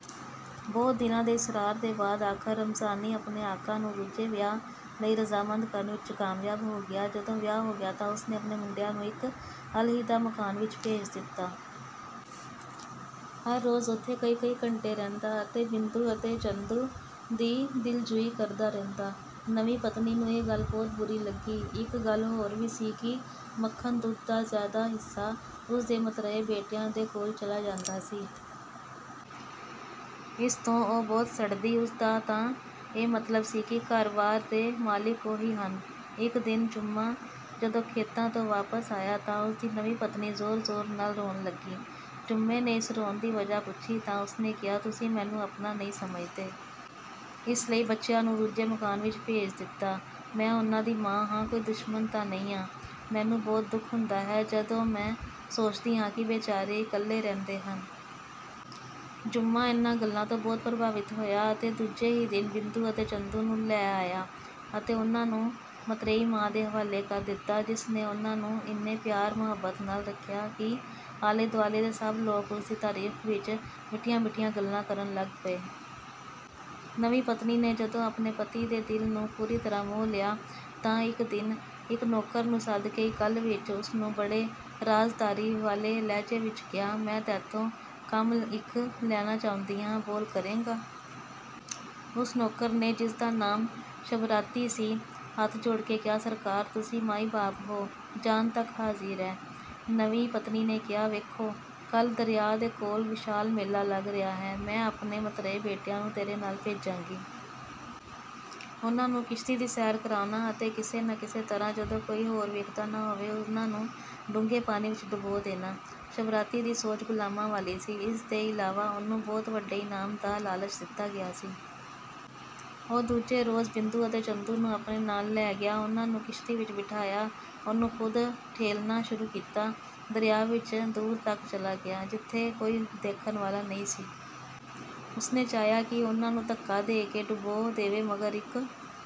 ਬਹੁਤ ਦਿਨਾਂ ਦੇ ਇਸਰਾਰ ਦੇ ਬਾਅਦ ਆਖ਼ਰ ਰਮਜ਼ਾਨੀ ਆਪਣੇ ਆਕਾ ਨੂੰ ਦੂਜੇ ਵਿਆਹ ਲਈ ਰਜ਼ਾਮੰਦ ਕਰਨ ਵਿੱਚ ਕਾਮਯਾਬ ਹੋ ਗਿਆ। ਜਦੋਂ ਵਿਆਹ ਹੋ ਗਿਆ ਤਾਂ ਉਸਨੇ ਆਪਣੇ ਮੁੰਡਿਆਂ ਨੂੰ ਇੱਕ ਅਲਹਿਦਾ ਮਕਾਨ ਵਿੱਚ ਭੇਜ ਦਿੱਤਾ। ਹਰ ਰੋਜ਼ ਉੱਥੇ ਕਈ ਕਈ ਘੰਟੇ ਰਹਿੰਦਾ ਅਤੇ ਬਿੰਦੂ ਅਤੇ ਚੰਦੂ ਦੀ ਦਿਲਜੂਈ ਕਰਦਾ ਰਹਿੰਦਾ। ਨਵੀਂ ਪਤਨੀ ਨੂੰ ਇਹ ਗੱਲ ਬਹੁਤ ਬੁਰੀ ਲੱਗੀ। ਇੱਕ ਗੱਲ ਹੋਰ ਵੀ ਸੀ ਕਿ ਮੱਖਣ-ਦੁੱਧ ਦਾ ਜ਼ਿਆਦਾ ਹਿੱਸਾ ਉਸਦੇ ਮਤਰੇਏ ਬੇਟਿਆਂ ਦੇ ਕੋਲ ਚਲਾ ਜਾਂਦਾ ਸੀ। ਇਸ ਤੋਂ ਉਹ ਬਹੁਤ ਸੜਦੀ, ਉਸਦਾ ਤਾਂ ਇਹ ਮਤਲਬ ਸੀ ਕਿ ਘਰ-ਵਾਰ ਦੇ ਮਾਲਿਕ ਉਹੀ ਹਨ। ਇੱਕ ਦਿਨ ਜੁੰਮਾ ਜਦੋਂ ਖੇਤਾਂ ਤੋਂ ਵਾਪਸ ਆਇਆ ਤਾਂ ਉਸਦੀ ਨਵੀਂ ਪਤਨੀ ਜ਼ੋਰ-ਜ਼ੋਰ ਨਾਲ ਰੋਣ ਲੱਗੀ। ਜੁੰਮੇ ਨੇ ਇਸ ਰੋਣ ਦੀ ਵਜ੍ਹਾ ਪੁੱਛੀ ਤਾਂ ਉਸਨੇ ਕਿਹਾ, ਤੁਸੀਂ ਮੈਨੂੰ ਆਪਣਾ ਨਹੀਂ ਸਮਝਦੇ। ਇਸ ਲਈ ਬੱਚਿਆਂ ਨੂੰ ਦੂਜੇ ਮਕਾਨ ਵਿੱਚ ਭੇਜ ਦਿੱਤਾ। ਮੈਂ ਉਨ੍ਹਾਂ ਦੀ ਮਾਂ ਹਾਂ, ਕੋਈ ਦੁਸ਼ਮਨ ਤਾਂ ਨਹੀਂ ਹਾਂ। ਮੈਨੂੰ ਬਹੁਤ ਦੁੱਖ ਹੁੰਦਾ ਹੈ ਜਦੋਂ ਮੈਂ ਸੋਚਦੀ ਹਾਂ ਕਿ ਬੇਚਾਰੇ ਇਕੱਲੇ ਰਹਿੰਦੇ ਹਨ। ਜੁੰਮਾ ਇਨ੍ਹਾਂ ਗੱਲਾਂ ਤੋਂ ਬਹੁਤ ਪ੍ਰਭਾਵਿਤ ਹੋਇਆ ਅਤੇ ਦੂਜੇ ਹੀ ਦਿਨ ਬਿੰਦੂ ਅਤੇ ਚੰਦੂ ਨੂੰ ਲੈ ਆਇਆ ਅਤੇ ਉਨ੍ਹਾਂ ਨੂੰ ਮਤ੍ਰੇਈ ਮਾਂ ਦੇ ਹਵਾਲੇ ਕਰ ਦਿੱਤਾ ਜਿਸ ਨੇ ਉਨ੍ਹਾਂ ਨੂੰ ਇੰਨੇ ਪਿਆਰ-ਮੁਹੱਬਤ ਨਾਲ਼ ਰੱਖਿਆ ਕਿ ਆਲੇ ਦੁਆਲੇ ਦੇ ਸਭ ਲੋਕ ਉਸਦੀ ਤਾਰੀਫ਼ ਵਿੱਚ ਮਿੱਠੀਆਂ ਮਿੱਠੀਆਂ ਗੱਲਾਂ ਕਰਨ ਲੱਗੇ ਪਏ। ਨਵੀਂ ਪਤਨੀ ਨੇ ਜਦੋਂ ਆਪਣੇ ਪਤੀ ਦੇ ਦਿਲ ਨੂੰ ਪੂਰੀ ਤਰ੍ਹਾਂ ਮੋਹ ਲਿਆ ਤਾਂ ਇੱਕ ਦਿਨ ਇੱਕ ਨੌਕਰ ਨੂੰ ਸੱਦ ਕੇ ਇਕੱਲ ਵਿੱਚ ਉਸ ਨੂੰ ਬੜੇ ਰਾਜ਼ਦਾਰੀ ਵਾਲੇ ਲਹਿਜੇ ਵਿੱਚ ਕਿਹਾ, "ਮੈਂ ਤੈਥੋਂ ਕੰਮ ਇੱਕ ਲੈਣਾ ਚਾਹੁੰਦੀ ਹਾਂ, ਬੋਲ ਕਰੇਂਗਾ?" ਉਸ ਨੌਕਰ ਨੇ ਜਿਸਦਾ ਨਾਮ ਸ਼ਬਰਾਤੀ ਸੀ, ਹੱਥ ਜੋੜ ਕੇ ਕਿਹਾ, "ਸਰਕਾਰ! ਤੁਸੀਂ ਮਾਈ-ਬਾਪ ਹੋ, ਜਾਨ ਤੱਕ ਹਾਜ਼ਿਰ ਹੈ।" ਨਵੀਂ ਪਤਨੀ ਨੇ ਕਿਹਾ, "ਵੇਖੋ, ਕੱਲ ਦਰਿਆ ਦੇ ਕੋਲ ਵਿਸ਼ਾਲ ਮੇਲਾ ਲੱਗ ਰਿਹਾ ਹੈ, ਮੈਂ ਆਪਣੇ ਮਤਰੇਏ ਬੇਟਿਆਂ ਨੂੰ ਤੇਰੇ ਨਾਲ਼ ਭੇਜਾਂਗੀ। ਉਨ੍ਹਾਂ ਨੂੰ ਕਿਸ਼ਤੀ ਦੀ ਸੈਰ ਕਰਾਉਣਾ ਅਤੇ ਕਿਸੇ ਨਾ ਕਿਸੇ ਤਰ੍ਹਾਂ ਜਦੋਂ ਕੋਈ ਹੋਰ ਵੇਖਦਾ ਨਾ ਹੋਵੇ ਉਨ੍ਹਾਂ ਨੂੰ ਡੂੰਘੇ ਪਾਣੀ ਵਿੱਚ ਡੁਬੋ ਦੇਣਾ।" ਸ਼ਬਰਾਤੀ ਦੀ ਸੋਚ ਗੁਲਾਮਾਂ ਵਾਲੀ ਸੀ, ਇਸਦੇ ਇਲਾਵਾ ਉਹਨੂੰ ਬਹੁਤ ਵੱਡੇ ਇਨਾਮ ਦਾ ਲਾਲਚ ਦਿੱਤਾ ਗਿਆ ਸੀ। ਉਹ ਦੂਜੇ ਰੋਜ਼ ਬਿੰਦੂ ਅਤੇ ਚੰਦੂ ਨੂੰ ਆਪਣੇ ਨਾਲ਼ ਲੈ ਗਿਆ। ਉਨ੍ਹਾਂ ਨੂੰ ਕਿਸ਼ਤੀ ਵਿੱਚ ਬਿਠਾਇਆ, ਉਹਨੂੰ ਖ਼ੁਦ ਠੇਲ੍ਹਣਾ ਸ਼ੁਰੂ ਕੀਤਾ। ਦਰਿਆ ਵਿੱਚ ਦੂਰ ਤੱਕ ਚਲਾ ਗਿਆ, ਜਿੱਥੇ ਕੋਈ ਦੇਖਣ ਵਾਲਾ ਨਹੀਂ ਸੀ। ਉਸਨੇ ਚਾਹਿਆ ਕਿ ਉਨ੍ਹਾਂ ਨੂੰ ਧੱਕਾ ਦੇ ਕੇ ਡੁਬੋ ਦੇਵੇ ਮਗਰ ਇੱਕ